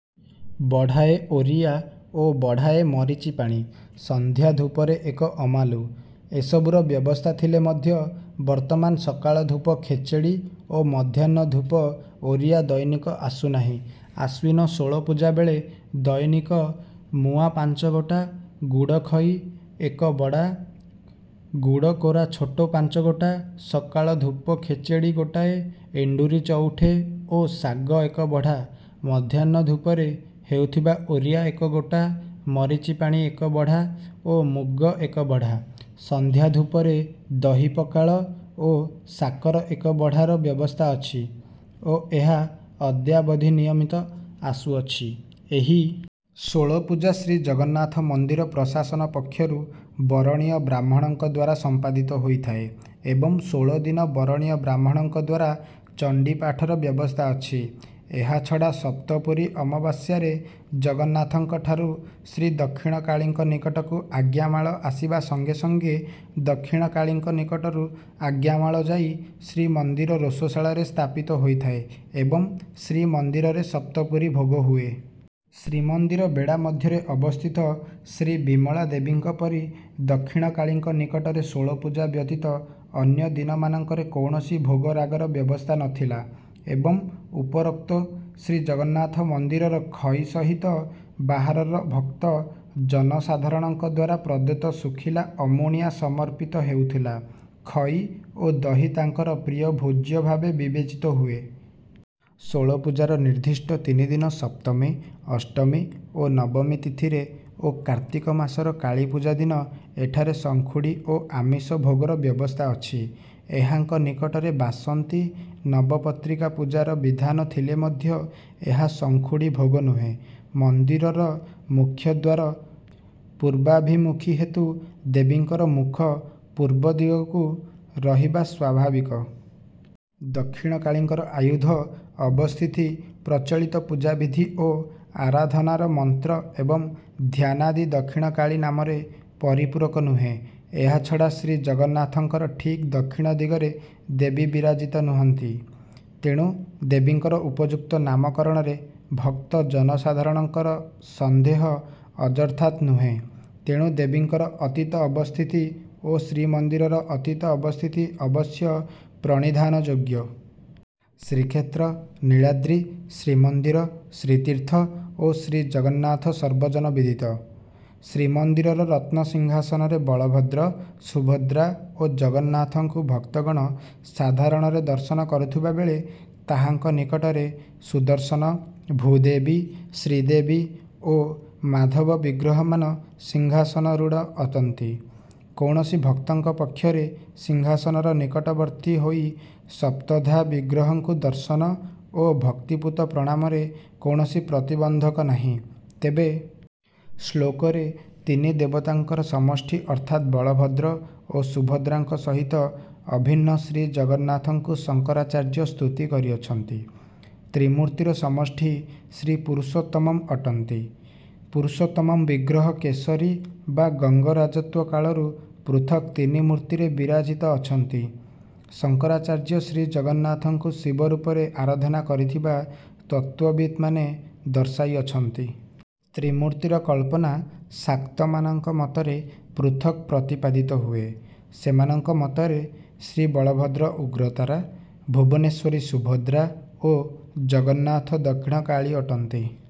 ବଢ଼ାଏ ଓରିଆ ଓ ବଢ଼ାଏ ମରିଚିପାଣି, ସନ୍ଧ୍ୟା ଧୂପରେ ଏକ ଅମାଲୁ। ଏସବୁର ବ୍ୟବସ୍ଥା ଥିଲେ ମଧ୍ୟ ବର୍ତ୍ତମାନ ସକାଳ ଧୂପ ଖେଚେଡ଼ି ଓ ମଧ୍ୟାହ୍ନ ଧୂପ ଓରିଆ ଦୈନିକ ଆସୁନାହିଁ। ଆଶ୍ୱିନ ଷୋଳପୂଜା ବେଳେ ଦୈନିକ ମୁଆଁ ପାଞ୍ଚଗୋଟା, ଗୁଡ଼ଖଇ ଏକ ବଢ଼ା, ଗୁଡ଼କୋରା ଛୋଟ ପାଞ୍ଚଗୋଟା, ସକାଳ ଧୂପ ଖେଚେଡ଼ି ଗୋଟାଏ, ଏଣ୍ଡୁରି ଚଉଠେ ଓ ଶାଗ ଏକ ବଢ଼ା; ମଧ୍ୟାହ୍ନ ଧୂପରେ ହେଉଥିବା ଓରିଆ ଏକ ଗୋଟା, ମରିଚିପାଣି ଏକ ବଢ଼ା ଓ ମୁଗ ଏକ ବଢ଼ା; ସନ୍ଧ୍ୟା ଧୂପରେ ଦହିପଖାଳ ଓ ଶାକର ଏକ ବଢ଼ାର ବ୍ୟବସ୍ଥା ଅଛି ଓ ଏହା ଅଦ୍ୟାବଧି ନିୟମିତ ଆସୁଅଛି। ଏହି ଷୋଳପୂଜା ଶ୍ରୀଜଗନ୍ନାଥ ମନ୍ଦିର ପ୍ରଶାସନ ପକ୍ଷରୁ ବରଣୀୟ ବ୍ରାହ୍ମଣଙ୍କ ଦ୍ୱାରା ସମ୍ପାଦିତ ହୋଇଥାଏ ଏବଂ ଷୋଳଦିନ ବରଣୀୟ ବ୍ରାହ୍ମଣଙ୍କ ଦ୍ୱାରା ଚଣ୍ଡୀପାଠର ବ୍ୟବସ୍ଥା ଅଛି। ଏହାଛଡ଼ା ସପ୍ତପୁରୀ ଅମାବାସ୍ୟାରେ ଜଗନ୍ନାଥଙ୍କ ଠାରୁ ଶ୍ରୀଦକ୍ଷିଣକାଳୀଙ୍କ ନିକଟକୁ ଆଜ୍ଞାମାଳ ଆସିବା ସଙ୍ଗେ ସଙ୍ଗେ ଦକ୍ଷିଣକାଳୀଙ୍କ ନିକଟରୁ ଆଜ୍ଞାମାଳ ଯାଇ ଶ୍ରୀମନ୍ଦିର ରୋଷଶାଳାରେ ସ୍ଥାପିତ ହୋଇଥାଏ ଏବଂ ଶ୍ରୀମନ୍ଦିରରେ ସପ୍ତପୁରୀ ଭୋଗ ହୁଏ। ଶ୍ରୀମନ୍ଦିର ବେଢ଼ା ମଧ୍ୟରେ ଅବସ୍ଥିତ ଶ୍ରୀବିମଳା ଦେବୀଙ୍କ ପରି ଦକ୍ଷିଣକାଳୀଙ୍କ ନିକଟରେ ଷୋଳପୂଜା ବ୍ୟତୀତ ଅନ୍ୟ ଦିନମାନଙ୍କରେ କୌଣସି ଭୋଗରାଗର ବ୍ୟବସ୍ଥା ନଥିଲା ଏବଂ ଉପରୋକ୍ତ ଶ୍ରୀଜଗନ୍ନାଥ ମନ୍ଦିରର ଖଇ ସହିତ ବାହାରର ଭକ୍ତ ଜନସାଧାରଣଙ୍କ ଦ୍ୱାରା ପ୍ରଦତ୍ତ ଶୁଖିଲା ଅମୁଣିଆ ସମର୍ପିତ ହେଉଥିଲା। ଖଇ ଓ ଦହି ତାଙ୍କର ପ୍ରିୟ ଭୋଜ୍ୟ ଭାବେ ବିବେଚିତ ହୁଏ। ଷୋଳପୂଜାର ନିର୍ଦ୍ଦିଷ୍ଟ ତିନିଦିନ ସପ୍ତମୀ, ଅଷ୍ଟମୀ ଓ ନବମୀ ତିଥିରେ ଓ କାର୍ତ୍ତିକ ମାସର କାଳୀପୂଜା ଦିନ ଏଠାରେ ସଂଖୁଡ଼ି ଓ ଆମିଷ ଭୋଗର ବ୍ୟବସ୍ଥା ଅଛି। ଏହାଙ୍କ ନିକଟରେ ବାସନ୍ତୀ ନବପତ୍ରିକା ପୂଜାର ବିଧାନ ଥିଲେ ମଧ୍ୟ ଏହା ସଂଖୁଡ଼ି ଭୋଗ ନୁହେଁ। ମନ୍ଦିରର ମୁଖ୍ୟଦ୍ୱାର ପୂର୍ବାଭିମୁଖୀ ହେତୁ ଦେବୀଙ୍କର ମୁଖ ପୂର୍ବ ଦିଗକୁ ରହିବା ସ୍ୱାଭାବିକ। ଦକ୍ଷିଣକାଳୀଙ୍କର ଆୟୁଧ, ଅବସ୍ଥିତି, ପ୍ରଚଳିତ ପୂଜାବିଧି ଓ ଆରାଧନାର ମନ୍ତ୍ର ଏବଂ ଧ୍ୟାନାଦି ଦକ୍ଷିଣକାଳୀ ନାମର ପରିପୂରକ ନୁହେଁ। ଏହାଛଡ଼ା ଶ୍ରୀ ଜଗନ୍ନାଥଙ୍କର ଠିକ୍ ଦକ୍ଷିଣ ଦିଗରେ ଦେବୀ ବିରାଜିତା ନୁହଁନ୍ତି। ତେଣୁ ଦେବୀଙ୍କର ଉପଯୁକ୍ତ ନାମକରଣରେ ଭକ୍ତ ଜନସାଧାରଣଙ୍କର ସନ୍ଦେହ ଅଯଥାର୍ଥ ନୁହେଁ। ତେଣୁ ଦେବୀଙ୍କର ଅତୀତ ଅବସ୍ଥିତି ଓ ଶ୍ରୀମନ୍ଦିରର ଅତୀତ ଅବସ୍ଥିତି ଅବଶ୍ୟ ପ୍ରଣିଧାନଯୋଗ୍ୟ। ଶ୍ରୀକ୍ଷେତ୍ର, ନୀଳାଦ୍ରି, ଶ୍ରୀମନ୍ଦିର, ଶ୍ରୀତୀର୍ଥ ଓ ଶ୍ରୀଜଗନ୍ନାଥ ସର୍ବଜନବିଦିତ। ଶ୍ରୀମନ୍ଦିରର ରତ୍ନସିଂହାସନରେ ବଳଭଦ୍ର, ସୁଭଦ୍ରା ଓ ଜଗନ୍ନାଥଙ୍କୁ ଭକ୍ତଗଣ ସାଧାରଣରେ ଦର୍ଶନ କରୁଥିବା ବେଳେ ତାହାଙ୍କ ନିକଟରେ ସୁଦର୍ଶନ, ଭୂଦେବୀ, ଶ୍ରୀଦେବୀ ଓ ମାଧବ ବିଗ୍ରହମାନ ସିଂହାସନାରୂଢ଼ ଅଟନ୍ତି। କୌଣସି ଭକ୍ତଙ୍କ ପକ୍ଷରେ ସିଂହାସନର ନିକଟବର୍ତ୍ତୀ ହୋଇ ସପ୍ତଧା ବିଗ୍ରହଙ୍କୁ ଦର୍ଶନ ଓ ଭକ୍ତିପୂତ ପ୍ରଣାମରେ କୌଣସି ପ୍ରତିବନ୍ଧକ ନାହିଁ। ତେବେ ଶ୍ଲୋକରେ ତିନି ଦେବତାଙ୍କର ସମଷ୍ଟି ଅର୍ଥାତ୍ ବଳଭଦ୍ର ଓ ସୁଭଦ୍ରାଙ୍କ ସହିତ ଅଭିନ୍ନ ଶ୍ରୀଜଗନ୍ନାଥଙ୍କୁ ଶଙ୍କରାଚାର୍ଯ୍ୟ ସ୍ତୁତି କରିଅଛନ୍ତି। ତ୍ରିମୂର୍ତ୍ତିର ସମଷ୍ଟି ଶ୍ରୀପୁରୁଷୋତ୍ତମ ଅଟନ୍ତି। ପୁରୁଷୋତ୍ତମ ବିଗ୍ରହ କେଶରୀ ବା ଗଙ୍ଗ ରାଜତ୍ୱ କାଳରୁ ପୃଥକ୍ ତିନି ମୂର୍ତ୍ତିରେ ବିରାଜିତ ଅଛନ୍ତି। ଶଙ୍କରାଚାର୍ଯ୍ୟ ଶ୍ରୀଜଗନ୍ନାଥଙ୍କୁ ଶିବ ରୂପରେ ଆରାଧନା କରିଥିବା ତତ୍ତ୍ୱବିତ୍‌ମାନେ ଦର୍ଶାଇଅଛନ୍ତି। ତ୍ରିମୂର୍ତ୍ତିର କଳ୍ପନା ଶାକ୍ତମାନଙ୍କ ମତରେ ପୃଥକ୍ ପ୍ରତିପାଦିତ ହୁଏ। ସେମାନଙ୍କ ମତରେ ଶ୍ରୀବଳଭଦ୍ର ଉଗ୍ରତାରା, ଭୁବନେଶ୍ୱରୀ ସୁଭଦ୍ରା ଓ ଜଗନ୍ନାଥ ଦକ୍ଷିଣକାଳୀ ଅଟନ୍ତି।